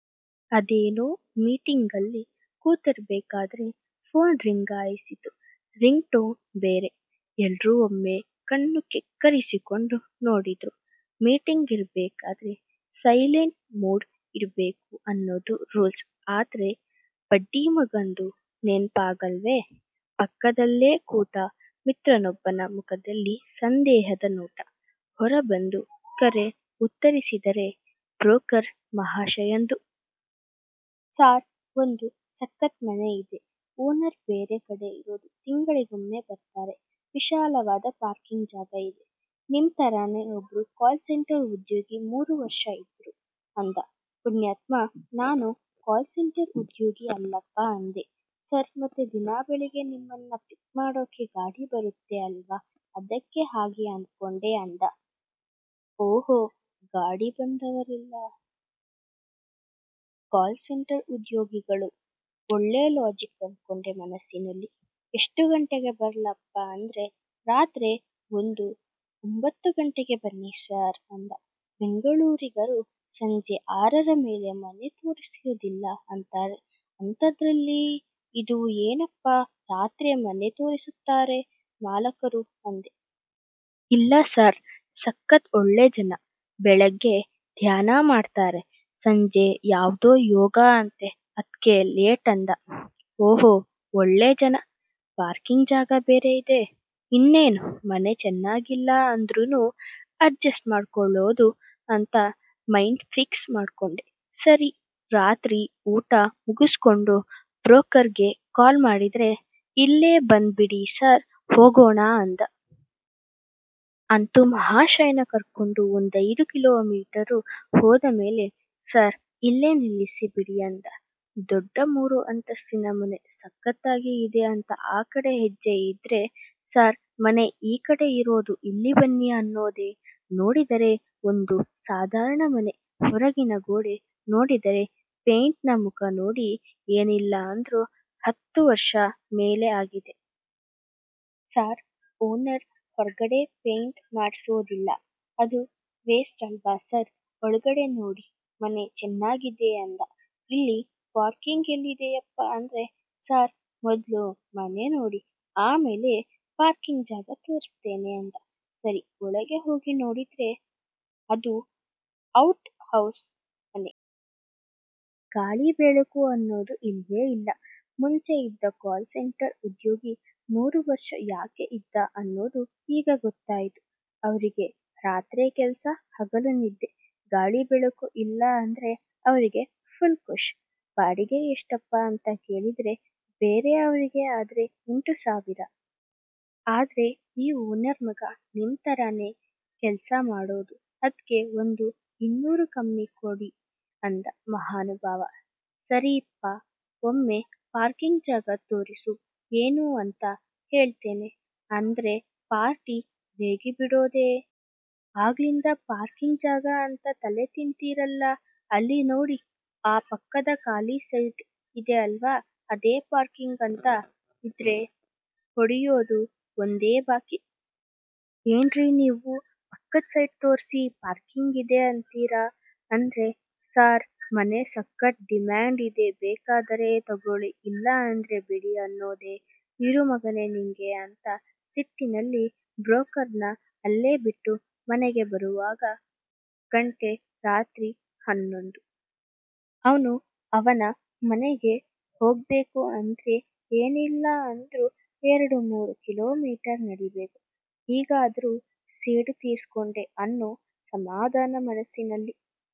ಅದೇನೋ ಮೀಟಿಂಗಲ್ಲಿ ಕೂತಿರಬೇಕಾದ್ರೆ ಫೋನ್ ರಿಂಗಾಯಿಸಿತು. ರಿಂಗ್ ಟೋನ್ ಬೇರೆ. ಎಲ್ರೂ ಒಮ್ಮೆ ಕಣ್ಣು ಕೆಕ್ಕರಿಸ್ಕೊಂಡು ನೋಡಿದ್ರು. ಮೀಟಿಂಗ್ ಇರ್ಬೇಕಾದ್ರೆ ಸೈಲೆಂಟ್ ಮೋಡ್ ಇಡಬೇಕು ಅನ್ನೋದು ರೂಲ್ಸ್, ಆದ್ರೆ ಬಡ್ಡಿಮಗಂದು ನೆನಪಾಗಲ್ವೆ ಪಕ್ಕದಲ್ಲೇ ಕೂತ ಮಿತ್ರನೊಬ್ಬನ ಮುಖದಲ್ಲಿ ಸಂದೇಹದ ನೋಟ. ಹೊರಬಂದು ಕರೆ ಉತ್ತರಿಸಿದರೆ ಬ್ರೋಕರ್ ಮಹಾಶಯಂದು. ಸಾರ್ ಒಂದು ಸಕ್ಕತ್ ಮನೆ ಇದೆ. ಓನರ್ ಬೇರೆ ಕಡೆ ಇರೋದು, ತಿಂಗಳಿಗೊಮ್ಮೆ ಬರ್ತಾರೆ, ವಿಶಾಲವಾದ ಪಾರ್ಕಿಂಗ್ ಜಾಗ ಇದೆ, ನಿಮ್ ತರಾನೆ ಒಬ್ರು ಕಾಲ್ ಸೆಂಟರ್ ಉದ್ಯೋಗಿ ಮೂರು ವರ್ಷ ಇದ್ರು, ಅಂದ. ಪುಣ್ಯಾತ್ಮ ನಾನು ಕಾಲ್ ಸೆಂಟರ್ ಉದ್ಯೋಗಿ ಅಲ್ಲಪ್ಪ ಅಂದೆ. ಸರ್ ಮತ್ತೆ ದಿನ ಬೆಳಗ್ಗೆ ನಿಮ್ಮನ್ನ ಪಿಕ್ ಮಾಡಕ್ಕೆ ಗಾಡಿ ಬರತ್ತೆ ಅಲ್ವಾ ಅದ್ಕೆ ಹಾಗೆ ಅಂದ್ಕೊಂಡೆ ಅಂದ. ಓಹೋ ಗಾಡಿ ಬಂದವರೆಲ್ಲ ಕಾಲ್ ಸೆಂಟರ್ ಉದ್ಯೋಗಿಗಳು. ಒಳ್ಳೇ ಲಾಜಿಕ್ ಅಂದ್ಕೊಂಡೆ ಮನಸ್ಸಿನಲ್ಲಿ. ಎಷ್ಟು ಗಂಟೆಗೆ ಬರಲಪ್ಪ ಅಂದ್ರೆ ರಾತ್ರೆ ಒಂದು ಒಂಭತ್ತು ಗಂಟೆಗೆ ಬನ್ನಿ ಸಾರ್ ಅಂದ. ಬೆಂಗಳೂರಿಗರು ಸಂಜೆ ಆರರ ಮೇಲೆ ಮನೆ ತೋರಿಸೋದಿಲ್ಲ ಅಂತಾರೆ, ಅಂತದ್ರಲ್ಲಿ ಇದು ಏನಪ್ಪಾ ರಾತ್ರೆ ಮನೆ ತೋರಿಸ್ತಾರೆ ಮಾಲಕರು ಅಂದೆ. ಇಲ್ಲಾ ಸಾರ್ ಸಕತ್ ಒಳ್ಳೆ ಜನ, ಬೆಳಗ್ಗೆ ಧ್ಯಾನ ಮಾಡ್ತಾರೆ, ಸಂಜೆ ಯಾವ್ದೋ ಯೋಗ ಅಂತೆ ಅದ್ಕೆ ಲೇಟು ಅಂದ. ಓಹೋ ಒಳ್ಳೆ ಜನ, ಪಾರ್ಕಿಂಗ್ ಜಾಗ ಬೇರೆ ಇದೆ, ಇನ್ನೇನು ಮನೆ ಚೆನಾಗಿಲ್ಲ ಅಂದ್ರೂನು ಅಡ್ಜಸ್ಟ್ ಮಾಡ್ಕೊಳ್ಳೋದು ಅಂತ ಮೈಂಡ್ ಫಿಕ್ಸ್ ಮಾಡ್ಕೊಂಡೆ. ಸರೀ ರಾತ್ರಿ ಊಟ ಮುಗಿಸ್ಕೊಂಡು ಬ್ರೋಕರ್ ಗೆ ಕಾಲ್ ಮಾಡಿದ್ರೆ ಇಲ್ಲೇ ಬಂದ್ ಬಿಡಿ ಸಾರ್ ಹೋಗೋಣ ಅಂದ. ಅಂತು ಮಹಾಶಯನ ಕರ್ಕೊಂಡು ಒಂದೈದು ಕಿಲೋಮೀಟರು ಹೋದ ಮೇಲೆ ಸಾರ್ ಇಲ್ಲೇ ನಿಲ್ಲಿಸಿ ಬಿಡಿ ಅಂದ. ದೊಡ್ಡ ಮೂರು ಅಂತಸ್ತಿನ ಮನೆ. ಸಕತ್ ಆಗಿ ಇದೆ ಅಂತ ಆ ಕಡೆ ಹೆಜ್ಜೆ ಇದ್ರೆ, ಸಾರ್ ಮನೆ ಈ ಕಡೆ ಇರೋದು ಇಲ್ಲಿ ಬನ್ನಿ ಅನ್ನೋದೆ? ನೋಡಿದರೆ ಒಂದು ಸಾದಾರಣ ಮನೆ, ಹೊರಗಿನ ಗೋಡೆ ನೋಡಿದರೆ ಪೇಯಿಂಟ್ ನ ಮುಖ ನೋಡಿ ಏನಿಲ್ಲಾ ಅಂದ್ರು ಹತ್ತು ವರ್ಷ ಮೇಲೆ ಆಗಿದೆ. ಸಾರ್ ಓನರ್ ಹೊರಗಡೆ ಪೇಯಿಂಟ್ ಮಾಡಿಸೋದಿಲ್ಲ ಅದು ವೇಸ್ಟ್ ಅಲ್ವಾ ಸಾರ್ ಒಳಗಡೆ ನೋಡಿ ಮನೆ ಚೆನ್ನಾಗಿದೆ ಅಂದ. ಇಲ್ಲಿ ಪಾರ್ಕಿಂಗ್ ಎಲ್ಲಿದೆಯಪ್ಪ ಅಂದ್ರೆ ಸಾರ್ ಮೊದ್ಲು ಮನೆ ನೋಡಿ ಆಮೇಲೆ ಪಾರ್ಕಿಂಗ್ ಜಾಗ ತೋರಿಸ್ತೇನೆ ಅಂದ. ಸರಿ ಒಳಗೆ ಹೋಗಿ ನೋಡಿದ್ರೆ ಅದು ಔಟ್ ಹೌಸ್ ಮನೆ. ಗಾಳಿ ಬೆಳಕು ಅನ್ನೋದು ಇಲ್ವೇ ಇಲ್ಲ. ಮುಂಚೆ ಇದ್ದ ಕಾಲ್ ಸೆಂಟರ್ ಉದ್ಯೋಗಿ ಮೂರು ವರ್ಷ ಯಾಕೆ ಇದ್ದ ಅನ್ನೋದು ಈಗ ಗೊತ್ತಾಯಿತು. ಅವ್ರಿಗೆ ರಾತ್ರೆ ಕೆಲಸ ಹಗಲು ನಿದ್ದೆ, ಗಾಳಿ ಬೆಳಕು ಇಲ್ಲ ಅಂದ್ರೆ ಅವ್ರಿಗೆ ಫುಲ್ ಕುಶ್ ಬಾಡಿಗೆ ಎಷ್ಟಪ್ಪ ಅಂತ ಕೇಳಿದ್ರೆ ಬೇರೆ ಅವ್ರಿಗೆ ಆದ್ರೆ ಎಂಟು ಸಾವಿರ. ಆದ್ರೆ ಈ ಓನರ್ ಮಗ ನಿಮ್ ತರಾನೆ ಕೆಲಸ ಮಾಡೋದು ಅದ್ಕೆ ಒಂದು ಇನ್ನೂರು ಕಮ್ಮಿ ಕೊಡಿ ಅಂದ ಮಹಾನುಭಾವ. ಸರೀಪ್ಪ ಒಮ್ಮೆ ಪಾರ್ಕಿಂಗ್ ಜಾಗ ತೋರಿಸು ಏನು ಅಂತ ಹೇಳ್ತೇನೆ ಅಂದ್ರೆ ಪಾರ್ಟಿ ರೇಗಿ ಬಿಡೋದೇ?. ಆಗ್ಲಿಂದ ಪಾರ್ಕಿಂಗ್ ಜಾಗ ಅಂತ ತಲೆ ತಿನ್ತೀರಲ್ಲ ಅಲ್ಲಿ ನೋಡಿ ಆ ಪಕ್ಕದ ಖಾಲಿ ಸೈಟ್ ಇದೆ ಅಲ್ವಾ, ಅದೇ ಪಾರ್ಕಿಂಗ್ ಅಂತಾ ಇದ್ರೆ ಹೊಡಿಯೋದು ಒಂದೇ ಬಾಕಿ. ಏನ್ರಿ ನೀವು ಪಕ್ಕದ್ ಸೈಟ್ ತೋರಿಸಿ ಪಾರ್ಕಿಂಗ್ ಇದೆ ಅಂತೀರಾ ಅಂದ್ರೆ ಸಾರ್ ಮನೆ ಸಕತ್ ಡಿಮ್ಯಾಂಡ್ ಇದೆ ಬೇಕಾದರೆ ತಗೋಳಿ ಇಲ್ಲಾಂದ್ರೆ ಬಿಡಿ ಅನ್ನೊದೆ.? ಇರು ಮಗನೆ ನಿಂಗೆ ಅಂತ ಸಿಟ್ಟಿನಲ್ಲಿ ಬ್ರೋಕರ್ ನ ಅಲ್ಲೇ ಬಿಟ್ಟು ಮನೆಗೆ ಬರೋವಾಗ ಗಂಟೆ ರಾತ್ರಿ ಹನ್ನೊಂದು. ಅವ್ನು ಅವನ ಮನೆಗೆ ಹೋಗ್ಬೇಕು ಅಂದ್ರೆ ಏನಿಲ್ಲ ಅಂದ್ರು ಎರಡು-ಮೂರು ಕಿಲೋಮೀಟರು ನಡೀಬೇಕು, ಹೀಗಾದ್ರೂ ಸೇಡು ತೀರಿಸ್ಕೊಂಡೆ ಅನ್ನೋ ಸಮಾದಾನ ಮನಸ್ಸಿನಲ್ಲಿ.